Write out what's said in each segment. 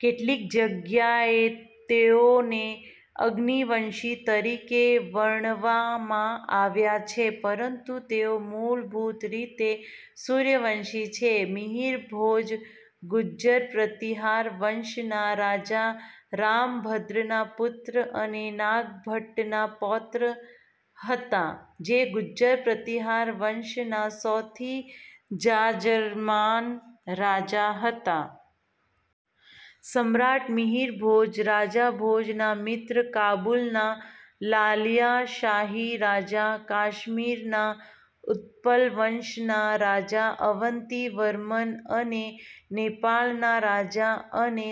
કેટલીક જગ્યાએ તેઓને અગ્નિવંશી તરીકે વર્ણવામાં આવ્યા છે, પરંતુ તેઓ મૂળભૂત રીતે સૂર્યવંશી છે. મિહિરભોજ ગુજજર પ્રતિહાર વંશના રાજા રામભદ્રના પુત્ર અને નાગભટ્ટ ના પૌત્ર હતા. જે ગુજજર પ્રતિહાર વંશના સૌથી જાજરમાન રાજા હતા. સમ્રાટ મિહિર ભોજ રાજા ભોજના મિત્ર કાબુલના લાલિયા શાહી રાજા, કાશ્મીરના ઉત્પલ વંશના રાજા અવંતિ વર્મન અને નેપાળના રાજા અને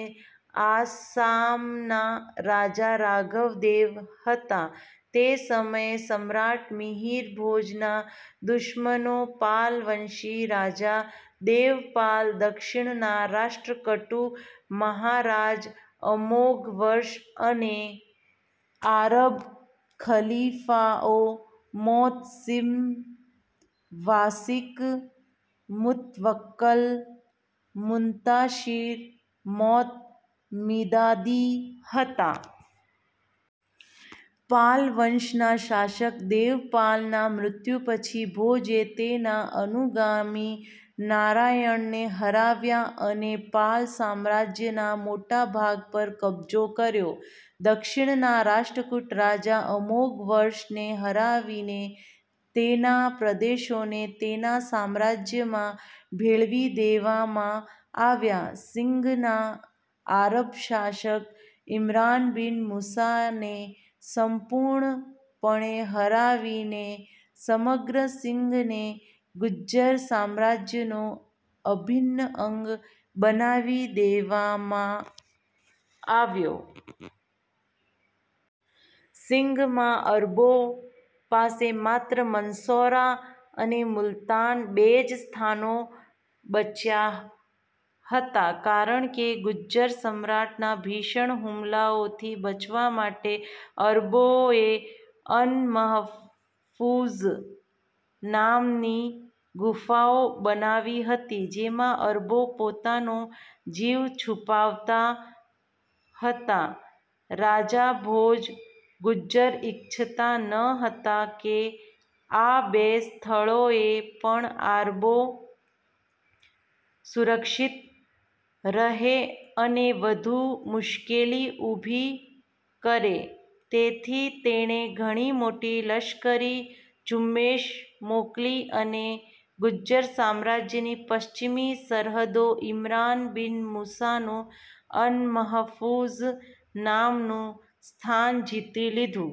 આસામના રાજા રાઘવદેવ હતા. તે સમયે સમ્રાટ મિહિર ભોજના દુશ્મનો પાલવંશી રાજા દેવપાલ, દક્ષિણના રાષ્ટ્ર કટુ મહારાજ અમોઘવર્ષ અને આરબ ખલીફાઓ મૌતસિમ વાસિક, મુતવક્કલ, મુન્તાશીર, મૌતમિદાદી હતા. પાલ વંશના શાસક દેવપાલના મૃત્યુ પછી, ભોજે તેના અનુગામી નારાયણને હરાવ્યા અને પાલ સામ્રાજ્યના મોટા ભાગ પર કબજો કર્યો. દક્ષિણના રાષ્ટ્રકુટ રાજા અમોઘવર્ષને હરાવીને, તેના પ્રદેશોને તેના સામ્રાજ્યમાં ભેળવી દેવામાં આવ્યા. સિંઘના આરબ શાસક ઈમરાન બિન મુસાને સંપૂર્ણપણે હરાવીને, સમગ્ર સિંઘને ગુજજર સામ્રાજ્યનો અભિન્ન અંગ બનાવી દેવામાં આવ્યો. સિંઘમાં અરબો પાસે માત્ર મન્સૌરા અને મુલતાન બે જ સ્થાનો બચ્યા હતા કારણ કે ગુજજર સમ્રાટના ભીષણ હુમલાઓથી બચવા માટે અરબોએ અનમહફૂઝ નામની ગુફાઓ બનાવી હતી, જેમાં અરબો પોતાનો જીવ છુપાવતા હતા. રાજા ભોજ ગુજજર ઇચ્છતા ન હતા કે આ બે સ્થળોએ પણ આરબો સુરક્ષિત રહે અને વધુ મુશ્કેલી ઊભી કરે, તેથી તેણે ઘણી મોટી લશ્કરી ઝુંબેશ મોકલી અને ગુજજર સામ્રાજ્યની પશ્ચિમી સરહદો, ઇમરાન બિન મુસાનું અનમહફૂઝ નામનું સ્થાન જીતી લીધું.